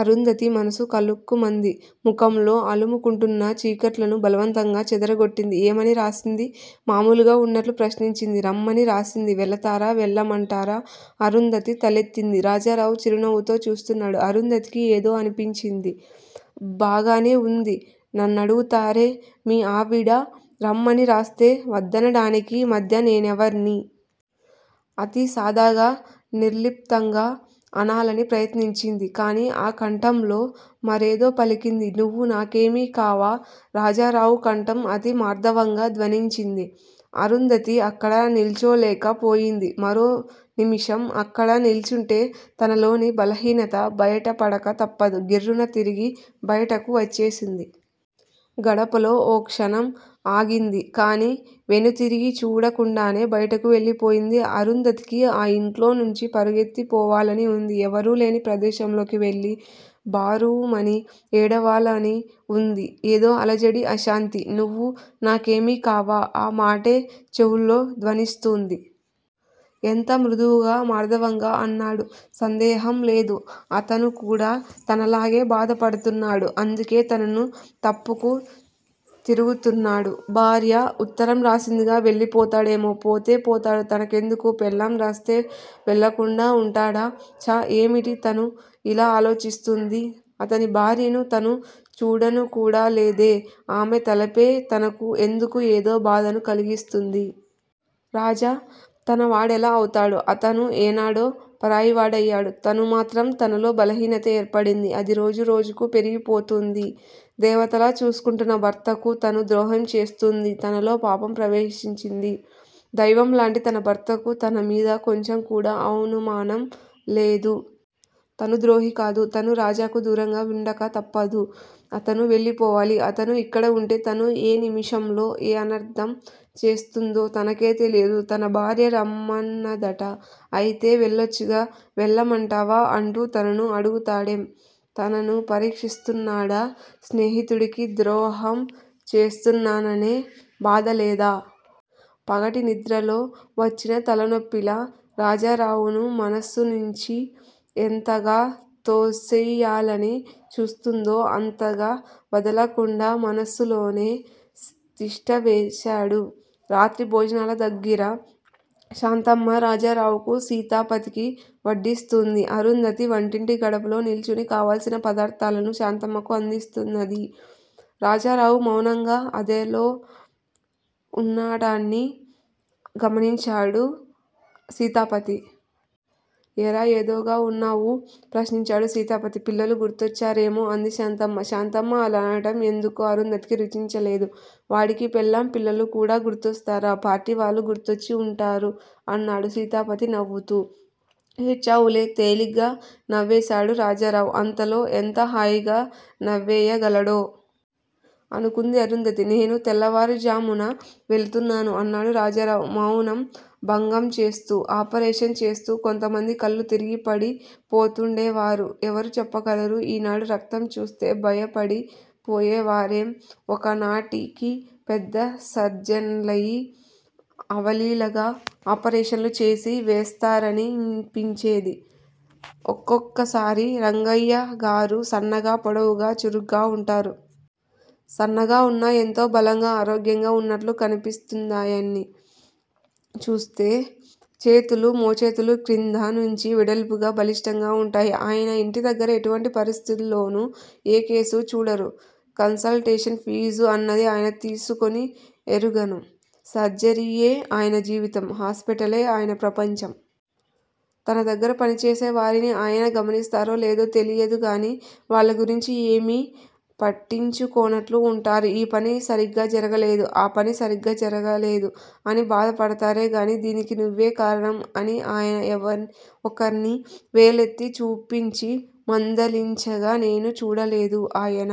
అరుంధతి మనసు కలుక్కుమంది. ముఖంలో అలుముకుంటున్న చీకట్లను బలవంతంగా చెదరగొట్టింది. ఏమని రాసింది? మామూలుగా ఉన్నట్లు ప్రశ్నించింది. రమ్మని రాసింది! వెళతారా? వెళ్ళమంటారా? అరుంధతి తలెత్తింది. రాజారావు చిరునవ్వుతో చూస్తున్నాడు. అరుంధతికి ఏదోగా అనిపించింది. బాగానే ఉంది. నన్నడుగుతారే? మీ ఆవిడ రమ్మని రాస్తే వద్దనడానికి మధ్య నేనెవర్ని! అతి సాదాగా నిర్లిప్తంగా అనాలని ప్రయత్నించింది. కాని ఆ కంఠంలో మరేదో పలికింది. నువ్వు నాకేమీ కావా? రాజారావు కంఠం అతి మార్దవంగా ధ్వనించింది. అరుంధతి అక్కడ నిల్చోలేక పోయింది. మరో నిమిషం అక్కడ నిల్చుంటే తనలోని బలహీనత బయటపడక తప్పదు. గిర్రున తిరిగి బయటకు వచ్చేసింది. గడపలో ఓ క్షణం ఆగింది. కాని వెనుతిరిగి చూడకుండానే బయటకు వెళ్ళిపోయింది. అరుంధతికి ఆ ఇంట్లో నుంచి పరుగెత్తి పోవాలని వుంది. ఎవరూ లేని ప్రదేశంలోకి వెళ్ళి బావురుమని ఏడవాలని వుంది. ఏదో అలజడి! అశాంతి! నువ్వు నాకేమీ కావా? ఆ మాటే చెవుల్లో ధ్వనిస్తూంది. ఎంత మృదువుగా, మార్దవంగా అన్నాడు! సందేహం లేదు. అతను కూడా తనలాగే బాధపడుతున్నాడు. అందుకే తనను తప్పుకు తిరుగుతున్నాడు. భార్య ఉత్తరం రాసిందిగా వెళ్ళిపోతాడేమో? పోతే పోతాడు. తనకెందుకు? పెళ్ళాం రాస్తే వెళ్ళకుండా వుంటాడా? ఛ! ఏమిటి తను ఇలా ఆలోచిస్తూంది? అతని భార్యను తను చూడనుకూడా లేదే ఆమె తలపే తనకు ఎందుకు ఏదో బాధను కలిగిస్తుంది? రాజా తన వాడెలా అవుతాడు? అతను ఏనాడో పరాయివాడయ్యాడు. తను మాత్రం! తనలో బలహీనత ఏర్పడింది. అది రోజు రోజుకూ పెరిగి పోతూంది. దేవతలా చూసుకుంటున్న భర్తకు తను ద్రోహం చేస్తూంది. తనలో పాపం ప్రవేశించింది. దైవం లాంటి తన భర్తకు తన మీద కొంచెం కూడా అనుమానం లేదు. తను ద్రోహి కాదు. తను రాజాకు దూరంగా వుండక తప్పదు. అతను వెళ్ళిపోవాలి. అతను ఇక్కడ వుంటే తను ఏ నిముషంలో ఏ అనర్ధం చేస్తుందో తనకే తెలియదు. తన భార్య రమ్మన్నదట! అయితే వెళ్ళొచ్చుగా? వెళ్ళమంటావా అంటూ తనను అడుగుతాడేం? తనను పరీక్షిస్తున్నాడా? స్నేహితుడికి ద్రోహం చేస్తున్నాననే బాధ లేదా? పగటి నిద్రలో వచ్చిన తలనొప్పిలా, రాజారావును మనస్సునించి ఎంతగా తోసెయ్యాలని చూస్తుందో అంతగా వదలకుండా మనస్సులోనే తిష్ఠ వేశాడు. రాత్రి భోజనాల దగ్గిర శాంతమ్మ రాజారావుకూ సీతాపతికి వడ్డిస్తూంది. అరుంధతి వంటింటి గడపలో నిల్చొని కావాల్సిన పదార్ధాలను శాంతమ్మకు అందిస్తున్నది. రాజారావు మౌనంగా అదేలో వుండటాన్ని గమనించాడు సీతాపతి. ఏరా ఏదోగా వున్నావు? ప్రశ్నించాడు సీతాపతి. పిల్లలు గుర్తొచ్చారేమో? అంది శాంతమ్మ. శాంతమ్మ అలా అనటం ఎందుకో అరుంధతికి రుచించలేదు. వాడికి పెళ్ళాం పిల్లలు కూడా గుర్తొస్తారా? పార్టీవాళ్ళు గుర్తొచ్చి వుంటారు అన్నాడు సీతాపతి నవ్వుతూ. ఏడ్చావులే తేలిగ్గా నవ్వేశాడు రాజారావు. అంతలో ఎంత హాయిగా నవ్వేయగలడో! అనుకుంది అరుంధతి. నేను తెల్లవారుఝామున వెళుతున్నాను అన్నాడు రాజారావు మౌనం భంగంచేస్తూ. ఆపరేషన్ చూస్తూ కొంతమంది కళ్ళు తిరిగి పడి పోతూండే వారు. ఎవరు చెప్పగలరు, యీనాడు రక్తం చూస్తే భయపడిపోయేవారేం ఒక నాటికి పెద్ద సర్జన్లయి, అవలీలగా ఆపరేషన్లు చేసి వేస్తారనిపించేది ఒక్కొక్కసారి. రంగయ్యగారు సన్నగా, పొడవుగా, చురుగ్గా వుంటారు. సన్నగా వున్నా ఎంతో బలంగా, ఆరోగ్యంగా వున్నట్లు కనిపిస్తుందాయన్ని చూస్తే. చేతులు మోచేతులు క్రింద నుంచి వెడల్పుగా, బలిష్ఠంగా వుంటాయి. ఆయన యింటి దగ్గర ఎటువంటి పరిస్థితుల్లోనూ ఏ కేసూ చూడరు. కన్సల్టేషన్ ఫీజు అన్నది ఆయన తీసుకుని ఎరుగను. సర్జరీయే ఆయన జీవితం! హాస్పిటలే ఆయన ప్రపంచం. తన దగ్గర పని చేసే వారిని ఆయన గమనిస్తారో లేదో తెలియదుగాని వాళ్ళ గురించి ఏమీ పట్టించుకోనట్లు వుంటారు. ఈ పని సరిగ్గా జరగలేదు. ఆపని సరిగ్గా జరగలేదు అని బాధ పడతారే గాని దీనికి నువ్వే కారణం అని ఆయన ఒకర్ని వేలెత్తి చూపించి మందలించగా నేను చూడలేదు. ఆయన